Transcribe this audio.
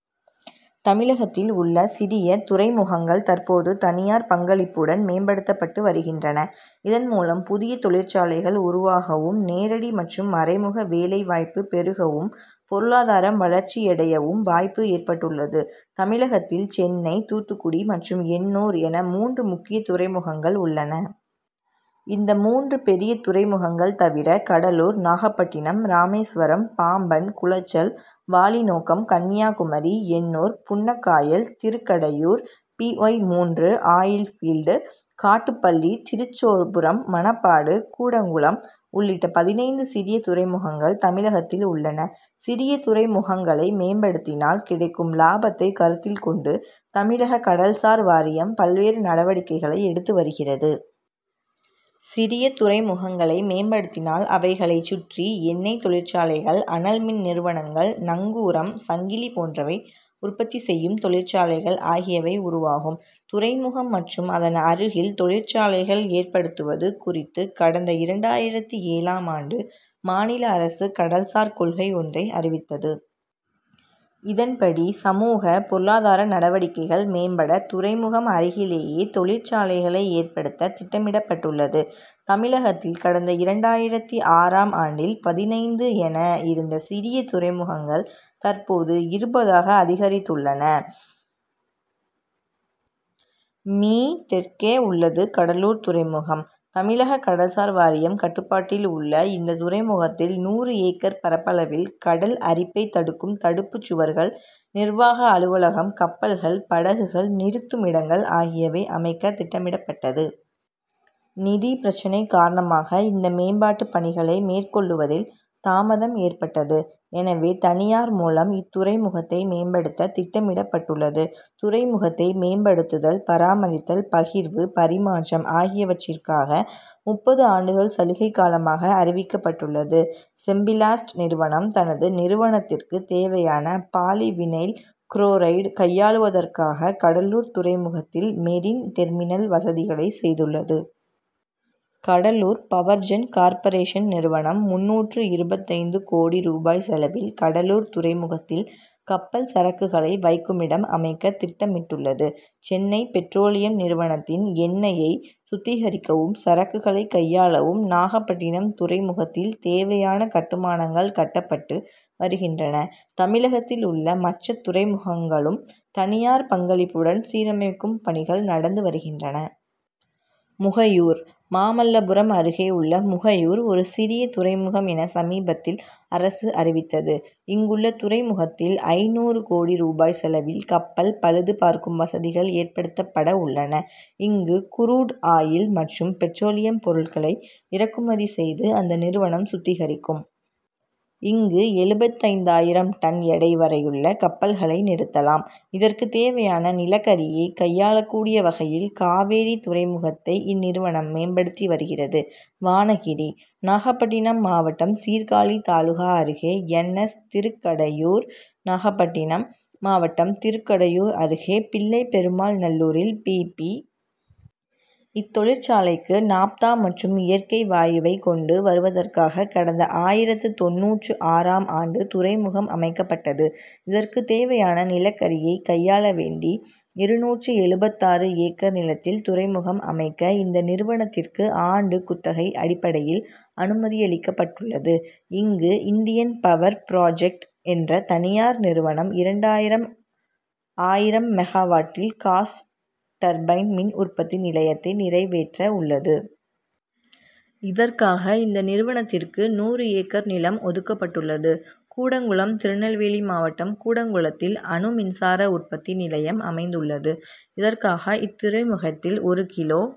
தமிழகத்தில் உள்ள சிறிய துறைமுகங்கள் தற்போது தனியார் பங்களிப்புடன் மேம்படுத்தப்பட்டு வருகின்றன. இதன் மூலம், புதிய தொழிற்சாலைகள் உருவாகவும்; நேரடி மற்றும் மறைமுக வேலை வாய்ப்பு பெருகவும்; பொருளாதாரம் வளர்ச்சியடையவும் வாய்ப்பு ஏற்பட்டுள்ளது. தமிழகத்தில் சென்னை, தூத்துக்குடி மற்றும் எண்ணூர் என மூன்று முக்கிய துறைமுகங்கள் உள்ளன. இந்த மூன்று பெரிய துறைமுகங்கள் தவிர, கடலூர், நாகப்பட்டினம், ராமேஸ்வரம், பாம்பன், குளச்சல், வாலினோக்கம், கன்னியாகுமரி, எண்ணூர், புண்ணக்காயல், திருக்கடையூர், பி. ஒய்-மூன்று ஆயில் பீல்டு, காட்டுப்பள்ளி, திருச்சோபுரம், மணப்பாடு, கூடங்குளம் உள்ளிட்ட பதினைந்து சிறிய துறைமுகங்கள் தமிழகத்தில் உள்ளன. சிறிய துறைமுகங்களை மேம்படுத்தினால் கிடைக்கும் லாபத்தை கருத்தில் கொண்டு, தமிழக கடல்சார் வாரியம் பல்வேறு நடவடிக்கைகளை எடுத்து வருகிறது. சிறிய துறைமுகங்களை மேம்படுத்தினால், அவைகளைச் சுற்றி எண்ணெய் தொழிற்சாலைகள், அனல் மின் நிறுவனங்கள், நங்கூரம், சங்கிலி போன்றவை உற்பத்தி செய்யும் தொழிற்சாலைகள் ஆகியவை உருவாகும். துறைமுகம் மற்றும் அதன் அருகில் தொழிற்சாலைகள் ஏற்படுத்துவது குறித்து கடந்த இரண்டாயிரத்து ஏழாம் ஆண்டு மாநில அரசு கடல்சார் கொள்கை ஒன்றை அறிவித்தது. இதன்படி, சமூக, பொருளாதார நடவடிக்கைகள் மேம்பட துறைமுகம் அருகிலேயே தொழிற்சாலைகளை ஏற்படுத்த திட்டமிடப்பட்டுள்ளது. தமிழகத்தில், கடந்த இரண்டாயிரத்து ஆறாம் ஆண்டில் பதினைந்து என இருந்த சிறிய துறைமுகங்கள் தற்போது இருபதாக அதிகரித்துள்ளன. மீ., தெற்கே உள்ளது கடலூர் துறைமுகம். தமிழக கடல் சார் வாரியம் கட்டுப்பாட்டில் உள்ள இந்த துறைமுகத்தில் நூறு ஏக்கர் பரப்பளவில் கடல் அரிப்பை தடுக்கும் தடுப்பு சுவர்கள், நிர்வாக அலுவலகம், கப்பல்கள், படகுகள் நிறுத்துமிடங்கள் ஆகியவை அமைக்க திட்டமிடப்பட்டது. நிதி பிரச்னை காரணமாக இந்த மேம்பாட்டு பணிகளை மேற்கொள்ளுவதில் தாமதம் ஏற்பட்டது. எனவே, தனியார் மூலம் இத்துறைமுகத்தை மேம்படுத்த திட்டமிடப்பட்டுள்ளது. துறைமுகத்தை மேம்படுத்துதல், பராமரித்தல், பகிர்வு, பரிமாற்றம் ஆகியவற்றிற்காக முப்பது ஆண்டுகள் சலுகை காலமாக அறிவிக்கப்பட்டுள்ளது. செம்பிளாஸ்ட் நிறுவனம், தனது நிறுவனத்திற்கு தேவையான பாலி வினைல் குரோரைடு கையாளுவதற்காக கடலூர் துறைமுகத்தில் மெரின் டெர்மினல் வசதிகளை செய்துள்ளது. கடலூர் பவர்ஜென் கார்ப்பரேஷன் நிறுவனம் முந்நூற்று இருபத்தைந்து கோடி ரூபாய் செலவில் கடலூர் துறைமுகத்தில் கப்பல் சரக்குகளை வைக்குமிடம் அமைக்க திட்டமிட்டுள்ளது. சென்னை பெட்ரோலியம் நிறுவனத்தின் எண்ணெயை சுத்திகரிக்கவும், சரக்குகளை கையாளவும் நாகப்பட்டினம் துறைமுகத்தில் தேவையான கட்டுமானங்கள் கட்டப்பட்டு வருகின்றன. தமிழகத்தில் உள்ள மற்ற துறைமுகங்களும் தனியார் பங்களிப்புடன் சீரமைக்கும் பணிகள் நடந்து வருகின்றன. முகையூர்: மாமல்லபுரம் அருகே உள்ள முகையூர் ஒரு சிறிய துறைமுகம் என சமீபத்தில் அரசு அறிவித்தது. இங்குள்ள துறைமுகத்தில் ஐந்நூறு கோடி ரூபாய் செலவில் கப்பல் பழுது பார்க்கும் வசதிகள் ஏற்படுத்தப்பட உள்ளன. இங்கு குரூட் ஆயில் மற்றும் பெட்ரோலியம் பொருட்களை இறக்குமதி செய்து, அந்த நிறுவனம் சுத்திகரிக்கும். இங்கு எழுபத்தைந்தாயிரம் டன் எடை வரையுள்ள கப்பல்களை நிறுத்தலாம். இதற்கு தேவையான நிலக்கரியை கையாளக்கூடிய வகையில் காவேரி துறைமுகத்தை இந்நிறுவனம் மேம்படுத்தி வருகிறது. வானகிரி: நாகப்பட்டினம் மாவட்டம் சீர்காழி தாலுகா அருகே என். எஸ். திருக்கடையூர்: நாகப்பட்டினம் மாவட்டம், திருக்கடையூர் அருகே பிள்ளைபெருமாள்நல்லூரில் பி. பி. இத்தொழிற்சாலைக்கு நாப்தா மற்றும் இயற்கை வாயுவை கொண்டு வருவதற்காக கடந்த ஆயிரத்து தொண்ணூற்று ஆறாம் ஆண்டு துறைமுகம் அமைக்கப்பட்டது. இதற்கு தேவையான நிலக்கரியை கையாள வேண்டி, இருநூற்று எழுபத்தாறு ஏக்கர் நிலத்தில் துறைமுகம் அமைக்க இந்த நிறுவனத்திற்கு ஆண்டு குத்தகை அடிப்படையில் அனுமதியளிக்கப்பட்டுள்ளது. இங்கு, இந்தியன் பவர் புராஜக்ட் என்ற தனியார் நிறுவனம் இரண்டாயிரம்ஆயிரம் மெகாவாட்டில் காஸ் டர்பைன் மின் உற்பத்தி நிலையத்தை நிறைவேற்ற உள்ளது. இதற்காக இந்த நிறுவனத்திற்கு நூறு ஏக்கர் நிலம் ஒதுக்கப்பட்டுள்ளது. கூடங்குளம் திருநெல்வேலி மாவட்டம் கூடங்குளத்தில் அணுமின்சார உற்பத்தி நிலையம் அமைந்துள்ளது. இதற்காக, இத்துறைமுகத்தில் ஒரு கிலோ